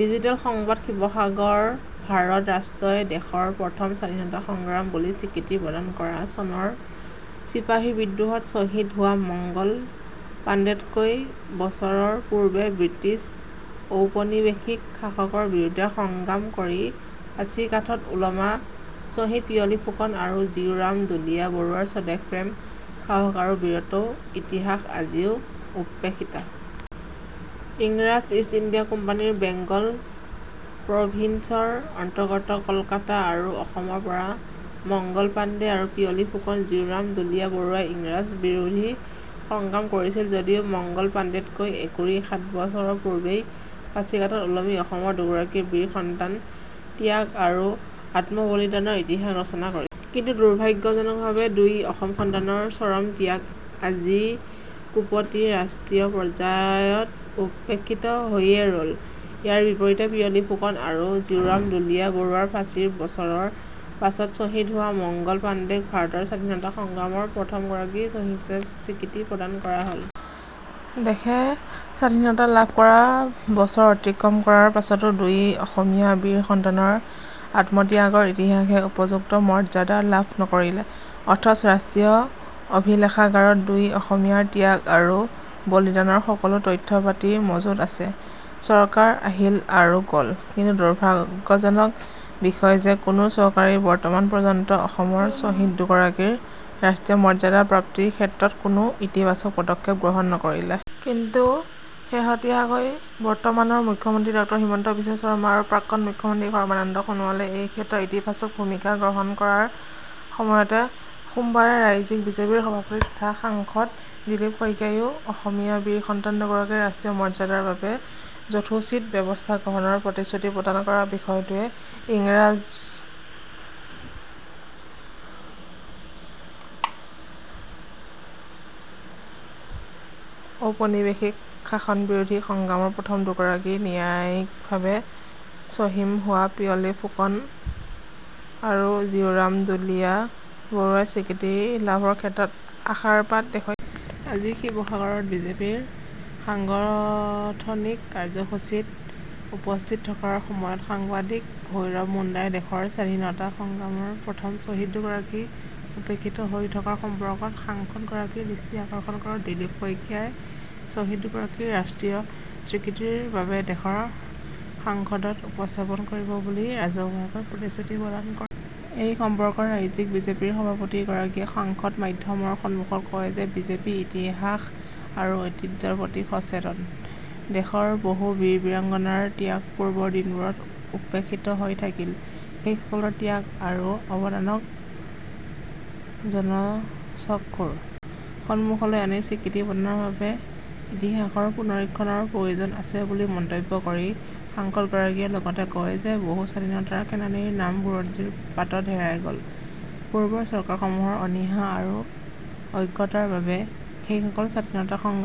Digital সংবাদ, শিৱসাগৰঃ ভাৰত ৰাষ্ট্ৰই দেশৰ প্ৰথম স্বাধীনতা সংগ্ৰাম বুলি স্বীকৃতি প্ৰদান কৰা চনৰ চিপাহী বিদ্ৰোহত ছহিদ হোৱা মংগল পাণ্ডেতকৈ বছৰৰ পূৰ্বে ব্ৰিটিছ ঔপনিৱেশিক শাসকৰ বিৰুদ্ধে সংগ্ৰাম কৰি ফাঁচীকাঠত ওলমা ছহিদ পিয়লি ফুকন আৰু জীউৰাম দুলীয়া বৰুৱাৰ স্বদেশপ্ৰেম, সাহস আৰু বীৰত্বৰ ইতিহাস আজিও উপেক্ষিত। ইংৰাজ ইষ্ট ইণ্ডিয়া কোম্পানীৰ বেংগল প্ৰভিন্সৰ অন্তৰ্গত কলকাতা আৰু অসমৰ পৰা মংগল পাণ্ডে আৰু পিয়লি ফুকন-জীউৰাম দুলীয়া বৰুৱাই ইংৰাজ বিৰোধী সংগ্ৰাম কৰিছিল যদিও মংগল পাণ্ডেতকৈ একুৰি সাত বছৰৰ পূৰ্বেই ফাঁচীকাঠত ওলমি অসমৰ দুগৰাকী বীৰ সন্তানে ত্যাগ আৰু আত্মবলিদানৰ ইতিহাস ৰচনা কৰিছিল। কিন্তু দুৰ্ভাগ্যজনকভাৱে দুই অসম সন্তানৰ চৰম ত্যাগ আজিকোপতি ৰাষ্ট্ৰীয় পৰ্যায়ত উপেক্ষিত হৈয়ে ৰ'ল। ইয়াৰ বিপৰীতে পিয়লি ফুকন আৰু জীউৰাম দুলীয়া বৰুৱাৰ ফাঁচীৰ বছৰৰ পাছত ছহিদ হোৱা মংগল পাণ্ডেক ভাৰতৰ স্বাধীনতা সংগ্ৰামৰ প্ৰথম গৰাকী ছহিদ হিচাপে স্বীকৃতি প্ৰদান কৰা হ'ল। দেশে স্বাধীনতা লাভ কৰা বছৰ অতিক্ৰম কৰাৰ পাছতো দুই অসমীয়া বীৰ সন্তানৰ আত্মত্যাগৰ ইতিহাসে উপযুক্ত মৰ্য্যদা লাভ নকৰিলে। অথচ ৰাষ্ট্ৰীয় অভিলেখাগাৰত দুই অসমীয়াৰ ত্যাগ আৰু বলিদানৰ সকলো তথ্য-পাতি মজুত আছে। চৰকাৰ আহিল আৰু গ'ল কিন্তু দুৰ্ভাগ্যজনক বিষয় যে- কোনো চৰকাৰেই বৰ্তমান পৰ্য্যন্ত অসমৰ ছহিদ দুগৰাকীৰ ৰাষ্ট্ৰীয় মৰ্য্যদা প্ৰাপ্তিৰ ক্ষেত্ৰত কোনো ইতিবাচক পদক্ষেপ গ্ৰহণ নকৰিলে। কিন্তু শেহতীয়াকৈ বৰ্তমানৰ মুখ্যমন্ত্ৰী ড হিমন্ত বিশ্ব শৰ্মা আৰু প্ৰাক্তন মুখ্যমন্ত্ৰী সৰ্বানন্দ সোণোৱালে এই ক্ষেত্ৰত ইতিবাচক ভূমিকা গ্ৰহণ কৰাৰ সময়তে সোমবাৰে ৰাজ্যিক বিজেপিৰ সভাপতি তথা সাংসদ দিলীপ শইকীয়াইও অসমীয়া বীৰ সন্তান দুগৰাকীৰ ৰাষ্ট্ৰীয় মৰ্য্যদাৰ বাবে যথোচিত ব্যৱস্থা গ্ৰহণৰ প্ৰতিশ্ৰুতি প্ৰদান কৰা বিষয়টোৱে ইংৰাজ ঔপনিৱেশিক শাসন বিৰোধী সংগ্ৰামৰ প্ৰথম দুগৰাকী ন্যায়িকভাবে ছহিম হোৱা পিয়লি ফুকন আৰু জীউৰাম দুলীয়া বৰুৱাই স্বীকৃতি লাভৰ ক্ষেত্ৰত আশাৰ বাট দেখুৱাইছে। আজি শিৱসাগৰত বিজেপিৰ সাংগঠনিক কাৰ্য্যসূচীত উপস্থিত থকাৰ সময়ত সাংবাদিক ভৈৰব মুণ্ডাই দেশৰ স্বাধীনতা সংগ্ৰামৰ প্ৰথম ছহিদ দুগৰাকী উপেক্ষিত হৈ থকাৰ সম্পৰ্কত সাংসদ গৰাকীৰ দৃষ্টি আকৰ্ষণ কৰাত দিলীপ শইকীয়াই ছহিদ দুগৰাকীৰ ৰাষ্ট্ৰীয় স্বীকৃতিৰ বাবে দেশৰ সাংসদত উপস্থাপন কৰিব বুলি ৰাজহুৱাকৈ প্ৰতিশ্ৰুতি প্ৰদান কৰে। এই সম্পৰ্কত ৰাজ্যিক বিজেপিৰ সভাপতি গৰাকীয়ে সংবাদ মাধ্যমৰ সন্মুখত কয় যে বিজেপি ইতিহাস আৰু ঐতিহ্যৰ প্ৰতি সচেতন। দেশৰ বহু বীৰ বীৰাংগণাৰ ত্যাগ পূৰ্বৰ দিনবোৰত উপেক্ষিত হৈ থাকিল। সেই সকলৰ ত্যাগ আৰু অৱদানক জনচক্ষুৰ সন্মুখলৈ আনি স্বীকৃতি প্ৰদানৰ বাবে ইতিহাসৰ পুনৰীক্ষণৰ প্ৰয়োজন আছে বুলি মন্তব্য কৰি সাংসদগৰাকীয়ে লগতে কয় যে, বহু স্বাধীনতা সেনানীৰ নাম বুৰঞ্জীৰ পাতত হেৰাই গ'ল৷ পূৰ্বৰ চৰকাৰসমূহৰ অনীহা আৰু অজ্ঞতাৰ বাবে সেইসকল স্বাধীনতা সংগ্ৰামৰ